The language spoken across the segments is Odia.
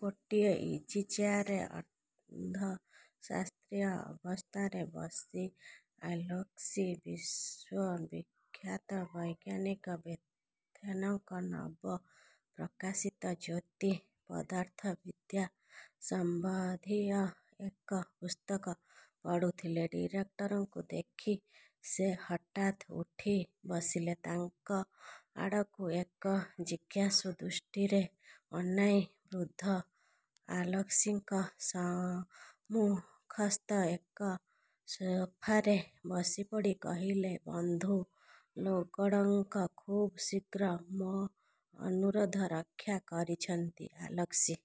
ଗୋଟିଏ ଇଜିଚେୟାରରେ ଅର୍ଦ୍ଧଶାୟିତ ଅବସ୍ଥାରେ ବସି ଆଲେସ୍କି ବିଶ୍ୱବିଖ୍ୟାତ ବୈଜ୍ଞାନିକ ବେଥେଙ୍କ ନବ ପ୍ରକାଶିତ ଜ୍ୟୋତିଃ-ପଦାର୍ଥବିଦ୍ୟା ସମ୍ୱନ୍ଧୀୟ ଏକ ପୁସ୍ତକ ପଢ଼ୁଥିଲେ। ଡିରେକ୍ଟରଙ୍କୁ ଦେଖି ସେ ହଠାତ୍ ଉଠି ବସିଲେ। ତାଙ୍କ ଆଡ଼କୁ ଏକ ଜିଜ୍ଞାସୁ ଦୃଷ୍ଟିରେ ଅନାଇ, ବୃଦ୍ଧ ଆଲେସ୍କିଙ୍କ ସମ୍ମୁଖସ୍ଥ ଏକ ସୋଫାରେ ବସିପଡ଼ି କହିଲେ, ''ବନ୍ଧୁ ଲୋଗୋଡ଼େଙ୍କୋ ଖୁବ୍ ଶୀଘ୍ର ମୋ ଅନୁରୋଧ ରକ୍ଷା କରିଛନ୍ତି ଆଲେସ୍କି!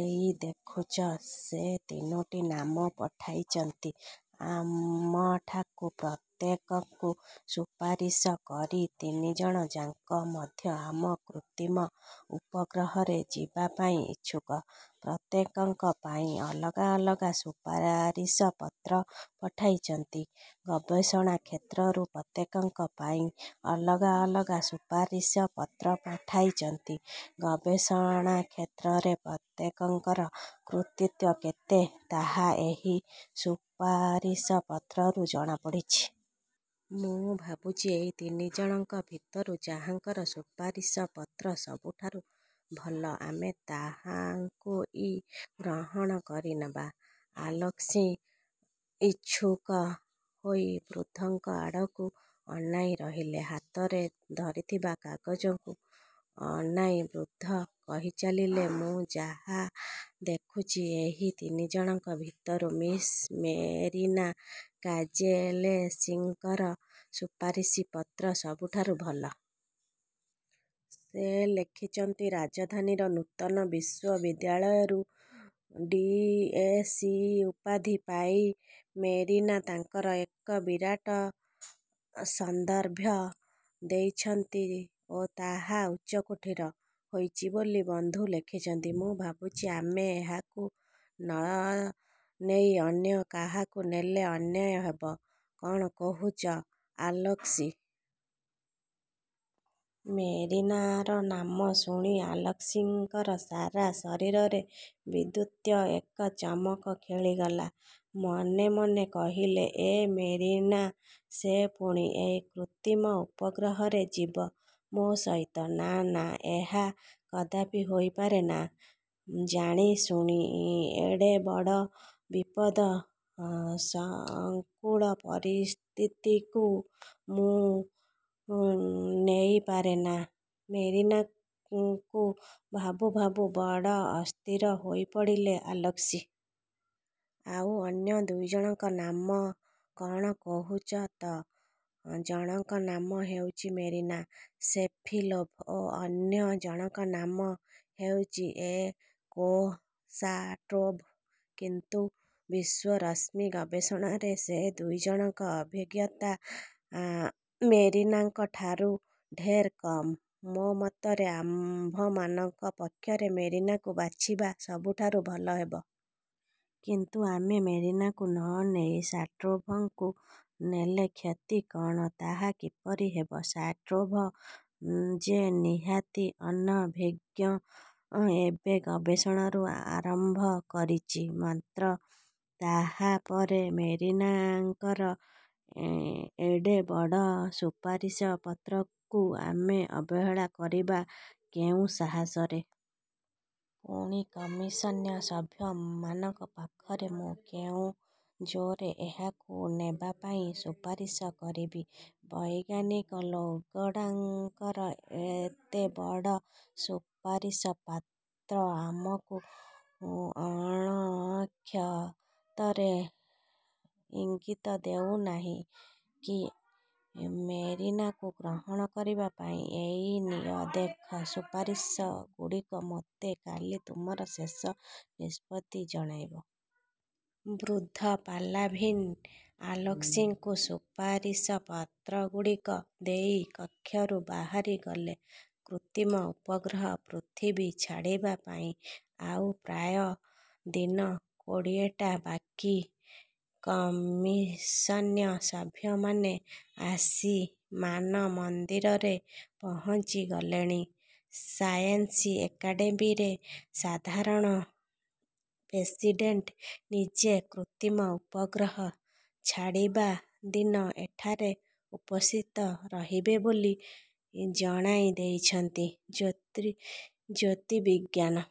ଏଇ ଦେଖୁଛ, ସେ ତିନୋଟି ନାମ ପଠାଇଛନ୍ତି ଆମଠାକୁ ପ୍ରତ୍ୟେକଙ୍କୁ ସୁପାରିଶ କରି। ତିନିଜଣ ଯାକ ମଧ୍ୟ ଆମ କୃତ୍ରିମ ଉପଗ୍ରହରେ ଯିବାପାଇଁ ଇଛୁକ। ପ୍ରତ୍ୟେକଙ୍କ ପାଇଁ ଅଲଗା ଅଲଗା ସୁପାରିଶପତ୍ର ପଠାଇଛନ୍ତି। ଗବେଷଣା କ୍ଷେତ୍ରରେ ପ୍ରତ୍ୟେକଙ୍କ ପାଇଁ ଅଲଗା ଅଲଗା ସୁପାରିଶପତ୍ର ପଠାଇଛନ୍ତି। ଗବେଷଣା କ୍ଷେତ୍ରରେ ପ୍ରତ୍ୟେକଙ୍କର କୃତିତ୍ୱ କେତେ ତାହା ଏହି ସୁପାରିଶପତ୍ରରୁ ଜଣାପଡ଼ୁଛି। ମୁଁ ଭାବୁଛି, ଏଇ ତିନିଜଣଙ୍କ ଭିତରୁ ଯା'ଙ୍କର ସୁପାରିଶପତ୍ର ସବୁଠାରୁ ଭଲ, ଆମେ ତାଙ୍କୁଇ ଗ୍ରହଣ କରିନେବା। '' ଆଲେସ୍କି ଉତ୍ସୁକ ହୋଇ ବୃଦ୍ଧଙ୍କ ଆଡ଼କୁ ଅନାଇ ରହିଲେ। ହାତରେ ଧରିଥିବା କାଗଜକୁ ଅନାଇ ବୃଦ୍ଧ କହିଚାଲିଲେ, ''ମୁଁ ଯାହା ଦେଖୁଛି ଏହି ତିନିଜଣଙ୍କ ଭିତରୁ ମିସ୍ ମେରିନା କୋଜେଲେସ୍କିଙ୍କର ସୁପାରିଶପତ୍ର ସବୁଠାରୁ ଭଲ। ସେ ଲେଖିଛନ୍ତି ରାଜଧାନୀର ନୂତନ ବିଶ୍ୱବିଦ୍ୟାଳୟରୁ ଡି. ଏସସି. ଉପାଧି ପାଇଁ ମେରିନା ତାଙ୍କର ଏକ ବିରାଟ ସନ୍ଦର୍ଭ ଦେଇଛନ୍ତି ଓ ତାହା ଉଚ୍ଚକୋଟୀର ହୋଇଛି ବୋଲି ବନ୍ଧୁ ଲେଖିଛନ୍ତି। ମୁଁ ଭାବୁଛି, ଆମେ ଏହାଙ୍କୁ ନ ନେଇ ଅନ୍ୟକାହାକୁ ନେଲେ ଅନ୍ୟାୟ ହେବ। କ'ଣ କହୁଛ ଆଲେସ୍କି? '' ମେରିନାର ନାମ ଶୁଣି ଆଲେସ୍କିଙ୍କର ସାରା ଶରୀରରେ ବିଦ୍ୟୁତ୍ର ଏକ ଚମକ ଖେଳିଗଲା। ମନେ ମନେ କହିଲେ, ''ଏଁ ମେରିନା? ସେ ପୁଣି ଏଇ କୃତ୍ରିମ ଉପଗ୍ରହରେ ଯିବ, ମୋ ସହିତ? ନା, ନା, ଏହା କଦାପି ହୋଇ ପାରେନା। ଜାଣିଶୁଣି ଏଡ଼େ ବଡ଼ ବିପଦ-ସଂକୁଳ ପରିସ୍ଥିତିକୁ ମୁଁ ନେଇ ପାରେନା ମେରିନାକୁ''–ଭାବୁଁ ଭାବୁଁ ବଡ଼ ଅସ୍ଥିର ହୋଇପଡ଼ିଲେ ଆଲେସ୍କି। ''ଆଉ ଅନ୍ୟ ଦୁଇଜଣଙ୍କ ନାମ କ'ଣ କହନ୍ତୁ ତ? '' ''ଜଣକ ନାମ ହେଉଛି ମେରିଆ ସେପିଲୋଭ ଓ ଅନ୍ୟ ଜଣକ ନାମ ହେଉଛି ଏ. କେ. ଶାଟ୍ରୋଭ। କିନ୍ତୁ ବିଶ୍ୱରଶ୍ମି ଗବେଷଣାରେ ସେ ଦୁଇଜଣଙ୍କ ଅଭିଜ୍ଞତା ମେରିନାଙ୍କଠାରୁ ଢେର୍ କମ୍। ମୋ ମତରେ ଆମ୍ଭମାନଙ୍କ ପକ୍ଷରେ ମେରିନାଙ୍କୁ ବାଛିବା ସବୁଠାରୁ ଭଲ ହେବ। '' ''କିନ୍ତୁ ଆମେ ମେରିନାଙ୍କୁ ନ ନେଇ ଶାଟ୍ରୋଭଙ୍କୁ ନେଲେ କ୍ଷତି କଅଣ? '' ''ତା କିପରି ହେବ? ଶାଟ୍ରୋଭ ଯେ ନିହାତି ଅନଭିଜ୍ଞ; ଏବେ ଗବେଷଣା ଆରମ୍ଭ କରିଛି ମାତ୍ର। ତା'ପରେ ମେରିନାଙ୍କର ଏଡ଼େ ବଡ଼ ସୁପାରିଶପତ୍ରକୁ ଆମେ ଅବହେଳା କରିବା କେଉଁ ସାହସରେ? ପୁଣି କମିଶନ୍ର ସଭ୍ୟମାନଙ୍କ ପାଖରେ ମୁଁ କେଉଁ ଜୋର୍ରେ ଏହାଙ୍କୁ ନେବା ପାଇଁ ସୁପାରିଶ କରିବି? ବୈଜ୍ଞାନିକ ଲୋଗୋଡ଼େଙ୍କୋଙ୍କର ଏତେ ବଡ଼ ସୁପାରିଶପତ୍ର ଆମକୁ ଅଲକ୍ଷିତରେ ଇଙ୍ଗିତ ଦେଉନାହିଁ କି ମେରିନାକୁ ଗ୍ରହଣ କରିବା ପାଇଁ? ଏଇ ନିଅ, ଦେଖ ସୁପାରିଶପତ୍ରଗୁଡ଼ିକ। ମୋତେ କାଲି ତୁମର ଶେଷ ନିଷ୍ପତ୍ତି ଜଣାଇବ। '' ବୃଦ୍ଧ ପାଲାଭିନ୍ ଆଲେସ୍କିଙ୍କୁ ସୁପାରିଶପତ୍ରଗୁଡ଼ିକ ଦେଇ କକ୍ଷରୁ ବାହାରିଗଲେ। କୃତ୍ରିମ ଉପଗ୍ରହ ପୃଥିବୀ ଛାଡ଼ିବା ପାଇଁ ଆଉ ପ୍ରାୟ ଦିନ କୋଡ଼ିଏଟା ବାକି। କମିଶନ୍ର ସଭ୍ୟମାନେ ଆସି ମାନମନ୍ଦିରରେ ପହଞ୍ଚିଗଲେଣି। ସାଏନ୍ସ ଏକାଡ଼େମୀରେ ସାଧାରଣ ପ୍ରେସିଡ଼େଣ୍ଟ ନିଜେ କୃତ୍ରିମ ଉପଗ୍ରହ ଛାଡ଼ିବା ଦିନ ଏଠାରେ ଉପସ୍ଥିତ ରହିବେ ବୋଲି ଜଣାଇ ଦେଇଛନ୍ତି। ଜ୍ୟୋତିର୍ବିଜ୍ଞାନ